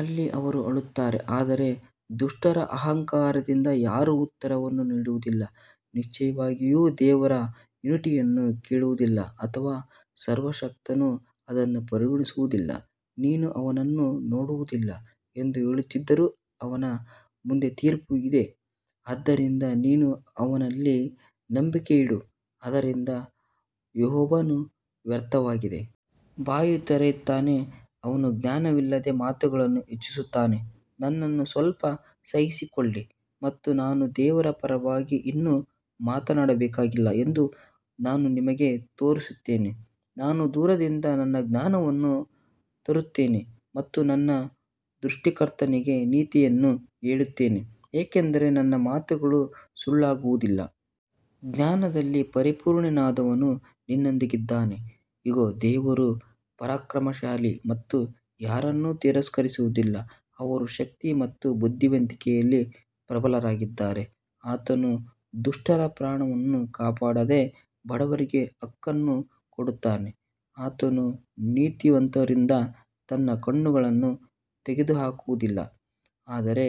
ಅಲ್ಲಿ ಅವರು ಅಳುತ್ತಾರೆ ಆದರೆ ದುಷ್ಟರ ಅಹಂಕಾರದಿಂದ ಯಾರೂ ಉತ್ತರವನ್ನು ನೀಡುವುದಿಲ್ಲ ನಿಶ್ಚಯವಾಗಿಯೂ ದೇವರು ವ್ಯಾನಿಟಿಯನ್ನು ಕೇಳುವುದಿಲ್ಲ ಅಥವಾ ಸರ್ವಶಕ್ತನು ಅದನ್ನು ಪರಿಗಣಿಸುವುದಿಲ್ಲ ನೀನು ಅವನನ್ನು ನೋಡುವುದಿಲ್ಲ ಎಂದು ಹೇಳುತ್ತಿದ್ದರೂ ಅವನ ಮುಂದೆ ತೀರ್ಪು ಇದೆ ಆದ್ದರಿಂದ ನೀನು ಅವನಲ್ಲಿ ನಂಬಿಕೆಯಿಡು ಆದದರಿಂದ ಯೋಬನು ವ್ಯರ್ಥವಾಗಿ ಬಾಯಿ ತೆರೆಯುತ್ತಾನೆ, ಅವನು ಜ್ಞಾನವಿಲ್ಲದೆ ಮಾತುಗಳನ್ನು ಹೆಚ್ಚಿಸುತ್ತಾನೆ ನನ್ನನ್ನು ಸ್ವಲ್ಪ ಸಹಿಸಿಕೊಳ್ಳಿ ಮತ್ತು ನಾನು ದೇವರ ಪರವಾಗಿ ಇನ್ನೂ ಮಾತನಾಡಬೇಕಾಗಿಲ್ಲ ಎಂದು ನಾನು ನಿಮಗೆ ತೋರಿಸುತ್ತೇನೆ ನಾನು ದೂರದಿಂದ ನನ್ನ ಜ್ಞಾನವನ್ನು ತರುತ್ತೇನೆ ಮತ್ತು ನನ್ನ ಸೃಷ್ಟಿಕರ್ತನಿಗೆ ನೀತಿಯನ್ನು ಹೇಳುತ್ತೇನೆ ಯಾಕಂದರೆ ನನ್ನ ಮಾತುಗಳು ಸುಳ್ಳಾಗುವುದಿಲ್ಲ, ಜ್ಞಾನದಲ್ಲಿ ಪರಿಪೂರ್ಣನಾದವನು ನಿನ್ನೊಂದಿಗಿದ್ದಾನೆ ಇಗೋ, ದೇವರು ಪರಾಕ್ರಮಶಾಲಿ ಮತ್ತು ಯಾರನ್ನೂ ತಿರಸ್ಕರಿಸುವುದಿಲ್ಲ, ಅವರು ಶಕ್ತಿ ಮತ್ತು ಬುದ್ಧಿವಂತಿಕೆಯಲ್ಲಿ ಪ್ರಬಲರಾಗಿದ್ದಾರೆ ಆತನು ದುಷ್ಟರ ಪ್ರಾಣವನ್ನು ಕಾಪಾಡದೆ ಬಡವರಿಗೆ ಹಕ್ಕನ್ನು ಕೊಡುತ್ತಾನೆ ಆತನು ನೀತಿವಂತರಿಂದ ತನ್ನ ಕಣ್ಣುಗಳನ್ನು ತೆಗೆದುಹಾಕುವುದಿಲ್ಲ ಆದರೆ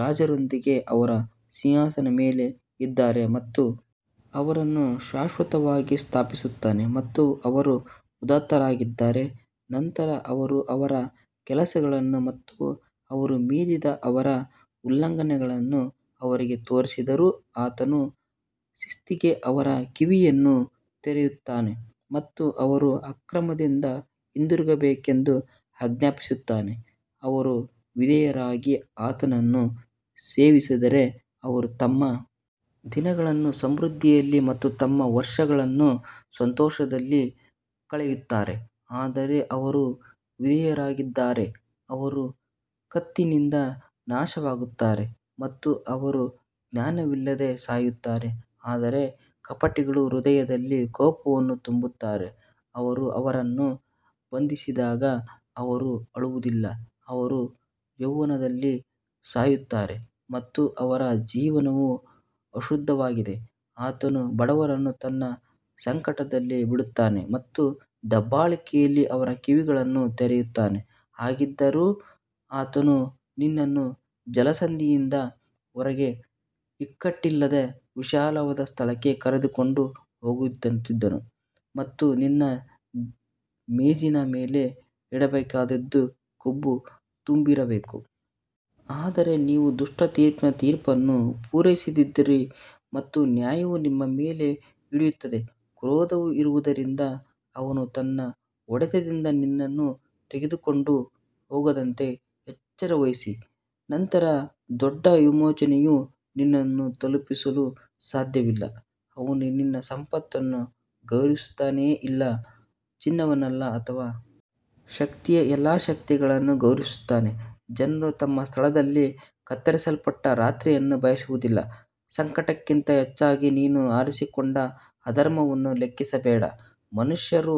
ರಾಜರೊಂದಿಗೆ ಅವರು ಸಿಂಹಾಸನದ ಮೇಲೆ ಇದ್ದಾರೆ ಮತ್ತು ಅವರನ್ನು ಶಾಶ್ವತವಾಗಿ ಸ್ಥಾಪಿಸುತ್ತಾನೆ ಮತ್ತು ಅವರು ಉದಾತ್ತರಾಗಿದ್ದಾರೆ ನಂತರ ಅವರು ಅವರ ಕೆಲಸವನ್ನು ಮತ್ತು ಅವರು ಮೀರಿದ ಅವರ ಉಲ್ಲಂಘನೆಗಳನ್ನು ಅವರಿಗೆ ತೋರಿಸಿದರು ಆತನು ಶಿಸ್ತಿಗೆ ಅವರ ಕಿವಿಯನ್ನು ತೆರೆಯುತ್ತಾನೆ ಮತ್ತು ಅವರು ಅಕ್ರಮದಿಂದ ಹಿಂತಿರುಗಬೇಕೆಂದು ಆಜ್ಞಾಪಿಸುತ್ತಾನೆ ಅವರು ವಿಧೇಯರಾಗಿ ಆತನನ್ನು ಸೇವಿಸಿದರೆ ಅವರು ತಮ್ಮ ದಿನಗಳನ್ನು ಸಮೃದ್ಧಿಯಲ್ಲಿ ಮತ್ತು ತಮ್ಮ ವರ್ಷಗಳನ್ನು ಸಂತೋಷದಲ್ಲಿ ಕಳೆಯುತ್ತಾರೆ ಆದರೆ ಅವರು ವಿಧೇಯರಾಗದಿದ್ದರೆ ಅವರು ಕತ್ತಿಯಿಂದ ನಾಶವಾಗುತ್ತಾರೆ ಮತ್ತು ಅವರು ಜ್ಞಾನವಿಲ್ಲದೆ ಸಾಯುತ್ತಾರೆ ಆದರೆ ಕಪಟಿಗಳು ಹೃದಯದಲ್ಲಿ ಕೋಪವನ್ನು ತುಂಬುತ್ತಾರೆ, ಅವರು ಅವರನ್ನು ಬಂಧಿಸಿದಾಗ ಅವರು ಅಳುವುದಿಲ್ಲ ಅವರು ಯೌವನದಲ್ಲಿ ಸಾಯುತ್ತಾರೆ ಮತ್ತು ಅವರ ಜೀವನವು ಅಶುದ್ಧವಾಗಿದೆ ಆತನು ಬಡವರನ್ನು ತನ್ನ ಸಂಕಟದಲ್ಲಿ ಬಿಡಿಸುತ್ತಾನೆ ಮತ್ತು ದಬ್ಬಾಳಿಕೆಯಲ್ಲಿ ಅವರ ಕಿವಿಗಳನ್ನು ತೆರೆಯುತ್ತಾನೆ ಹಾಗಿದ್ದರೂ ಆತನು ನಿನ್ನನ್ನು ಜಲಸಂಧಿಯಿಂದ ಹೊರಗೆ ಇಕ್ಕಟ್ಟಿಲ್ಲದ ವಿಶಾಲವಾದ ಸ್ಥಳಕ್ಕೆ ಕರೆದುಕೊಂಡು ಹೋಗುತ್ತಿದ್ದನು ಮತ್ತು ನಿನ್ನ ಮೇಜಿನ ಮೇಲೆ ಇಡಬೇಕಾದದ್ದು ಕೊಬ್ಬು ತುಂಬಿರಬೇಕು. ಆದರೆ ನೀವು ದುಷ್ಟ ತೀರ್ಪಿನ ತೀರ್ಪನ್ನು ಪೂರೈಸಿದ್ದೀರಿ ಮತ್ತು ನ್ಯಾಯವು ನಿಮ್ಮ ಮೇಲೆ ಹಿಡಿಯುತ್ತದೆ ಕ್ರೋಧವು ಇರುವುದರಿಂದ ಅವನು ತನ್ನ ಹೊಡೆತದಿಂದ ನಿನ್ನನ್ನು ತೆಗೆದುಕೊಂಡು ಹೋಗದಂತೆ ಎಚ್ಚರವಹಿಸಿ ನಂತರ ದೊಡ್ಡ ವಿಮೋಚನೆಯು ನಿನ್ನನ್ನು ತಲುಪಿಸಲು ಸಾಧ್ಯವಿಲ್ಲ ಅವನು ನಿನ್ನ ಸಂಪತ್ತನ್ನು ಗೌರವಿಸುತ್ತಾನೆಯೇ ಇಲ್ಲ ಚಿನ್ನವನ್ನಲ್ಲ ಅಥವಾ ಶಕ್ತಿಯ ಎಲ್ಲಾ ಶಕ್ತಿಗಳನ್ನು ಗೌರವಿಸುತ್ತಾನೆ ಜನರು ತಮ್ಮ ಸ್ಥಳದಲ್ಲಿ ಕತ್ತರಿಸಲ್ಪಟ್ಟ ರಾತ್ರಿಯನ್ನು ಬಯಸುವುದಿಲ್ಲ ಸಂಕಟಕ್ಕಿಂತ ಹೆಚ್ಚಾಗಿ ನೀನು ಆರಿಸಿಕೊಂಡ ಅಧರ್ಮವನ್ನು ಲೆಕ್ಕಿಸಬೇಡ ಮನುಷ್ಯರು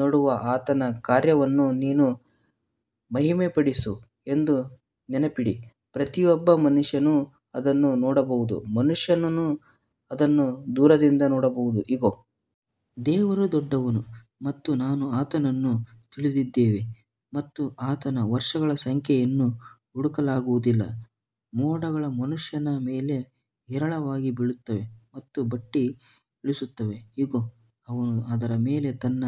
ನೋಡುವ ಆತನ ಕಾರ್ಯವನ್ನು ನೀನು ಮಹಿಮೆಪಡಿಸು ಎಂದು ನೆನಪಿಡಿ ಪ್ರತಿಯೊಬ್ಬ ಮನುಷ್ಯನು ಅದನ್ನು ನೋಡಬಹುದು ಮನುಷ್ಯನು ಅದನ್ನು ದೂರದಿಂದ ನೋಡಬಹುದು ಇಗೋ ದೇವರು ದೊಡ್ಡವನು ಮತ್ತು ನಾವು ಆತನನ್ನು ತಿಳಿದಿದ್ದೇವೆ ಮತ್ತು ಆತನ ವರ್ಷಗಳ ಸಂಖ್ಯೆಯನ್ನು ಹುಡುಕಲಾಗುವುದಿಲ್ಲ ಮೋಡಗಳು ಮನುಷ್ಯನ ಮೇಲೆ ಹೇರಳವಾಗಿ ಬೀಳುತ್ತವೆ ಮತ್ತು ಬಟ್ಟಿ ಇಳಿಸುತ್ತವೆ ಇಗೋ, ಅವನು ಅದರ ಮೇಲೆ ತನ್ನ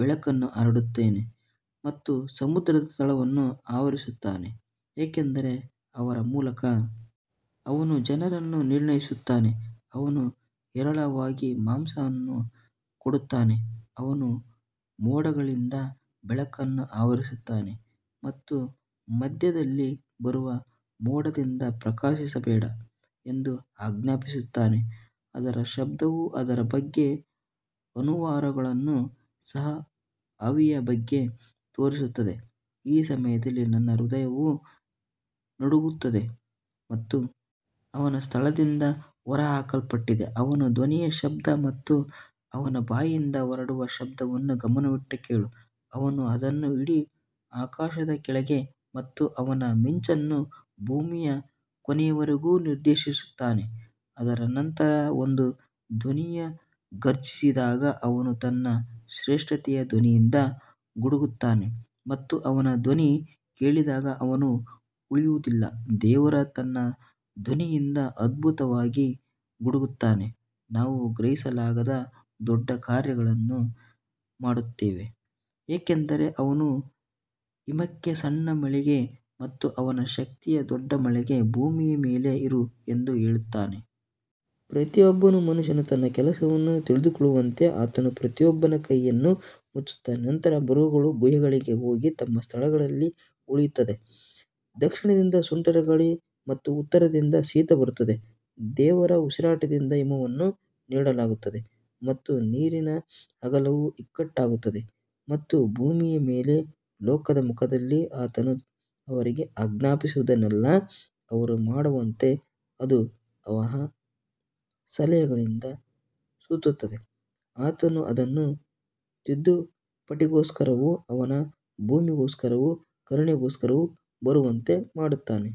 ಬೆಳಕನ್ನು ಹರಡುತ್ತಾನೆ ಮತ್ತು ಸಮುದ್ರದ ತಳವನ್ನು ಆವರಿಸುತ್ತಾನೆ ಯಾಕಂದರೆ ಅವರ ಮೂಲಕ ಅವನು ಜನರನ್ನು ನಿರ್ಣಯಿಸುತ್ತಾನೆ, ಅವನು ಹೇರಳವಾಗಿ ಮಾಂಸವನ್ನು ಕೊಡುತ್ತಾನೆ ಅವನು ಮೋಡಗಳಿಂದ ಬೆಳಕನ್ನು ಆವರಿಸುತ್ತಾನೆ ಮತ್ತು ಮಧ್ಯದಲ್ಲಿ ಬರುವ ಮೋಡದಿಂದ ಪ್ರಕಾಶಿಸಬೇಡ ಎಂದು ಆಜ್ಞಾಪಿಸುತ್ತಾನೆ ಅದರ ಶಬ್ದವು ಅದರ ಬಗ್ಗೆ ಜಾನುವಾರುಗಳನ್ನು ಸಹ ಆವಿಯ ಬಗ್ಗೆ ತೋರಿಸುತ್ತದೆ ಈ ಸಮಯದಲ್ಲಿ ನನ್ನ ಹೃದಯವು ನಡುಗುತ್ತದೆ ಮತ್ತು ಅವನ ಸ್ಥಳದಿಂದ ಹೊರಹಾಕಲ್ಪಟ್ಟಿದೆ ಅವನ ಧ್ವನಿಯ ಶಬ್ದ ಮತ್ತು ಅವನ ಬಾಯಿಂದ ಹೊರಡುವ ಶಬ್ದವನ್ನು ಗಮನವಿಟ್ಟು ಕೇಳು ಅವನು ಅದನ್ನು ಇಡೀ ಆಕಾಶದ ಕೆಳಗೆ ಮತ್ತು ಅವನ ಮಿಂಚನ್ನು ಭೂಮಿಯ ಕೊನೆಯವರೆಗೂ ನಿರ್ದೇಶಿಸುತ್ತಾನೆ ಅದರ ನಂತರ ಒಂದು ಧ್ವನಿಯು ಘರ್ಜಿಸಿದಾಗ ಅವನು ತನ್ನ ಶ್ರೇಷ್ಠತೆಯ ಧ್ವನಿಯಿಂದ ಗುಡುಗುತ್ತಾನೆ ಮತ್ತು ಅವನ ಧ್ವನಿ ಕೇಳಿದಾಗ ಅವನು ಉಳಿಯುವುದಿಲ್ಲ ದೇವರು ತನ್ನ ಧ್ವನಿಯಿಂದ ಅದ್ಭುತವಾಗಿ ಗುಡುಗುತ್ತಾನೆ, ನಾವು ಗ್ರಹಿಸಲಾಗದ ದೊಡ್ಡ ಕಾರ್ಯಗಳನ್ನು ಮಾಡುತ್ತಾನೆ ಯಾಕಂದರೆ ಅವನು ಹಿಮಕ್ಕೆ ಸಣ್ಣ ಮಳೆಗೆ ಮತ್ತು ಅವನ ಶಕ್ತಿಯ ದೊಡ್ಡ ಮಳೆಗೆ ಭೂಮಿಯ ಮೇಲೆ ಇರು ಎಂದು ಹೇಳುತ್ತಾನೆ. ಪ್ರತಿಯೊಬ್ಬ ಮನುಷ್ಯನು ತನ್ನ ಕೆಲಸವನ್ನು ತಿಳಿದುಕೊಳ್ಳುವಂತೆ ಆತನು ಪ್ರತಿಯೊಬ್ಬನ ಕೈಯನ್ನು ಮುಚ್ಚುತ್ತಾನೆ ನಂತರ ಮೃಗಗಳು ಗುಹೆಗಳಿಗೆ ಹೋಗಿ ತಮ್ಮ ಸ್ಥಳಗಳಲ್ಲಿ ಉಳಿಯುತ್ತವೆ ದಕ್ಷಿಣದಿಂದ ಸುಂಟರಗಾಳಿ ಮತ್ತು ಉತ್ತರದಿಂದ ಶೀತ ಬರುತ್ತದೆ ದೇವರ ಉಸಿರಾಟದಿಂದ ಹಿಮವನ್ನು ನೀಡಲಾಗುತ್ತದೆ ಮತ್ತು ನೀರಿನ ಅಗಲವು ಇಕ್ಕಟ್ಟಾಗುತ್ತದೆ ಮತ್ತು ಭೂಮಿಯ ಮೇಲೆ ಲೋಕದ ಮುಖದಲ್ಲಿ ಆತನು ಅವರಿಗೆ ಆಜ್ಞಾಪಿಸುವುದನ್ನೆಲ್ಲಾ ಅವರು ಮಾಡುವಂತೆ ಅದು ಅವನ ಸಲಹೆಗಳಿಂದ ಸುತ್ತುತ್ತದೆ. ಆತನು ಅದನ್ನು ತಿದ್ದುಪಾಟಿಗೋಸ್ಕರವೋ ಅವನ ಭೂಮಿಗೋಸ್ಕರವೋ ಕರುಣೆಗೋಸ್ಕರ ಬರುವಂತೆ ಮಾಡುತ್ತಾನೆ.